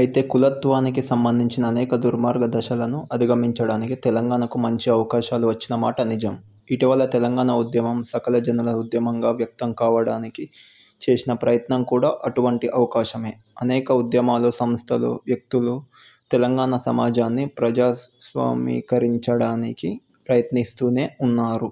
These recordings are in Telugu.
అయితే, కులతత్వానికి సంబంధించిన అనేక దుర్మార్గ దశలను అధిగమించడానికి తెలంగాణకు మంచి అవకాశాలు వచ్చిన మాట నిజం. ఇటీవలి తెలంగాణ ఉద్యమం సకలజనుల ఉద్యమంగా వ్యక్తం కావడానికి చేసిన ప్రయత్నం కూడా అటువంటి అవకాశమే. అనేక ఉద్యమాలు, సంస్థలు, వ్యక్తులు తెలంగాణ సమాజాన్ని ప్రజాస్వామ్యీకరించడానికి ప్రయత్నిస్తూనే ఉన్నారు.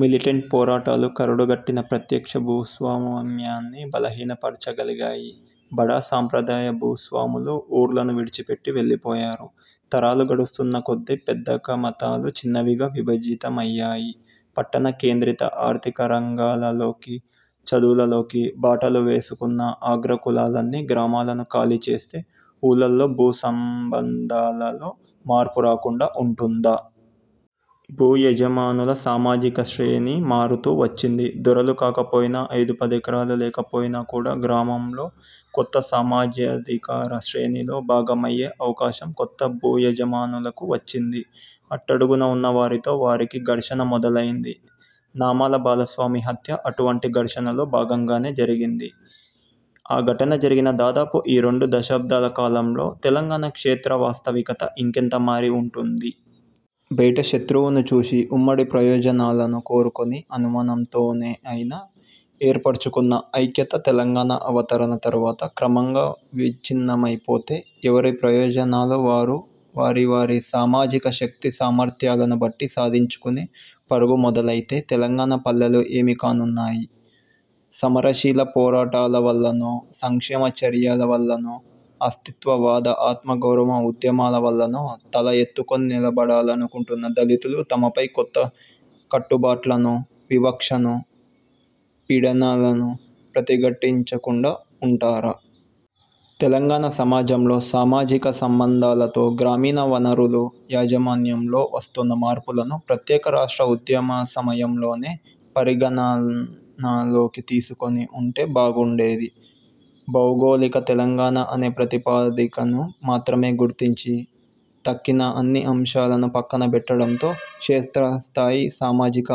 మిలిటెంట్ పోరాటాలు కరుడుగట్టిన ప్రత్యక్ష భూస్వామ్యాన్ని బలహీనపరచగలిగాయి. బడా సాంప్రదాయ భూస్వాములు ఊర్లను విడిచిపెట్టి వెళ్లిపోయారు. తరాలు గడుస్తున్న కొద్దీ పెద్దకమతాలు చిన్నవిగా విభజితమయ్యాయి. పట్టణ కేంద్రిత ఆర్థికరంగాలలోకి, చదువులలోకి బాటలు వేసుకున్న అగ్రకులాలన్నీ గ్రామాలను ఖాళీ చేస్తే, ఊళ్లల్లో భూసంబంధాలలో మార్పు రాకుండా ఉంటుందా? భూయజమానుల సామాజిక శ్రేణి మారుతూ వచ్చింది. దొరలు కాకపోయినా, ఐదుపదెకరాలు లేకపోయినా కూడా గ్రామంలో కొత్త సామాజికాధికార శ్రేణిలో భాగమయ్యే అవకాశం కొత్త భూయజమానులకు వచ్చింది. అట్టడుగున ఉన్నవారితో వారికి ఘర్షణ మొదలైంది. నామాల బాలస్వామి హత్య అటువంటి ఘర్షణలో భాగంగానే జరిగింది. ఆ ఘటన జరిగిన దాదాపు ఈ రెండు దశాబ్దాల కాలంలో తెలంగాణ క్షేత్రవాస్తవికత ఇంకెంతగా మారి ఉంటుంది? బయటి శత్రువును చూసి, ఉమ్మడి ప్రయోజనాలను కోరుకుని అనుమానంతోనే అయినా- ఏర్పరచుకున్న ఐక్యత తెలంగాణ అవతరణ తరువాత క్రమంగా విచ్ఛిన్నమైపోతే, ఎవరి ప్రయోజనాలు వారు వారి వారి సామాజిక శక్తి సామర్థ్యాలను బట్టి సాధించుకునే పరుగు మొదలైతే, తెలంగాణ పల్లెలు ఏమి కానున్నాయి? సమరశీల పోరాటాల వల్లనో, సంక్షేమ చర్యల వల్లనో, అస్తిత్వ వాద ఆత్మగౌరవ ఉద్యమాల వల్లనో తల ఎత్తుకుని నిలబడాలనుకుంటున్న దళితులు తమపై కొత్త కట్టుబాట్లను, వివక్షను, పీడనలను ప్రతిఘటించకుండా ఉంటారా? తెలంగాణ సమాజంలో సామాజిక సంబంధాలతో, గ్రామీణ వనరులు యాజమాన్యంలో వస్తున్న మార్పులను ప్రత్యేక రాష్ట్ర ఉద్యమసమయంలోనే పరిగణనలోకి తీసుకుని ఉంటే బాగుండేది. భౌగోళిక తెలంగాణ అనే ప్రాతిపదికను మాత్రమే గుర్తించి, తక్కిన అన్ని అంశాలను పక్కనబెట్టడంతో, క్షేత్రస్థాయి సామాజిక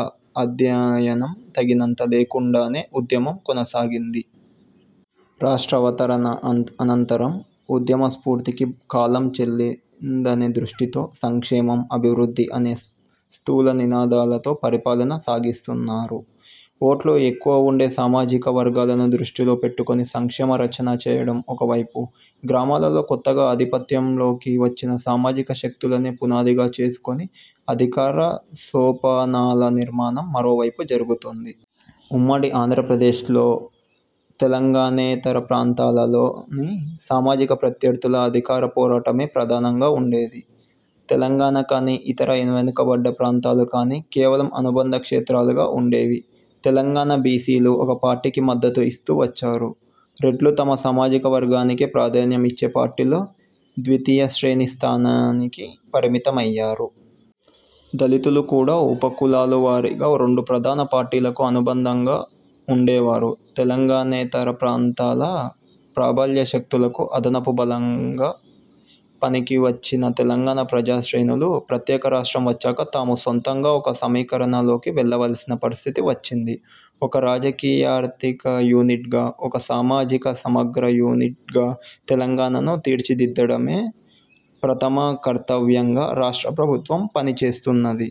అధ్యయనం తగినంత లేకుండానే ఉద్యమం కొనసాగింది. రాష్ట్రావతరణ అనంతరం ఉద్యమస్ఫూర్తికి కాలం చెల్లిందనే దృష్టితో, సంక్షేమం- అభివృద్ధి అనే స్థూలనినాదాలతో పరిపాలన సాగిస్తున్నారు. ఓట్లు ఎక్కువ ఉండే సామా జిక వర్గాలను దృష్టిలో పెట్టుకుని సంక్షేమ రచన చేయడం ఒక వైపు, గ్రామా లలో కొత్తగా ఆధిపత్యంలోకి వచ్చిన సామాజిక శక్తులనే పునాదిగా చేసుకుని అధికారసోపానాల నిర్మాణం మరోవైపు జరుగుతోంది. ఉమ్మడి ఆంధ్రప్రదేశ్లో తెలంగాణేతర ప్రాంతాలలోని సామాజిక ప్రత్యర్థుల అధికారపోరాటమే ప్రధానంగా ఉండేది. తెలంగాణ కానీ, ఇతర 'వెనుకబడ్డ' ప్రాంతాలు కానీ కేవలం అనుబంధ క్షేత్రాలుగా ఉండేవి. తెలంగాణ బిసిలు ఒక పార్టీకి మద్దతు ఇస్తూ వచ్చారు. రెడ్లు తమ సామాజిక వర్గానికే ప్రాధాన్యం ఇచ్చే పార్టీలో ద్వితీయశ్రేణి స్థానానికి పరిమితమయ్యారు. దళితులు కూడా ఉపకులాల వారీగా రెండు ప్రధాన పార్టీలకు అనుబంధంగా ఉండేవారు. తెలంగాణేతర ప్రాంతాల ప్రాబల్యశక్తులకు అదనపు బలంగా పనికివచ్చిన తెలంగాణ ప్రజాశ్రేణులు, ప్రత్యేక రాష్ట్రం వచ్చాక తాము సొంతంగా ఒక సమీకరణలోకి వెళ్లవలసిన పరిస్థితి వచ్చింది. ఒక రాజకీయార్థిక యూనిట్గా, ఒక సామాజిక సమగ్ర యూనిట్గా తెలంగాణను తీర్చిదిద్దడమే ప్రథమకర్తవ్యంగా రాష్ట్ర ప్రభుత్వం పనిచేస్తున్నది.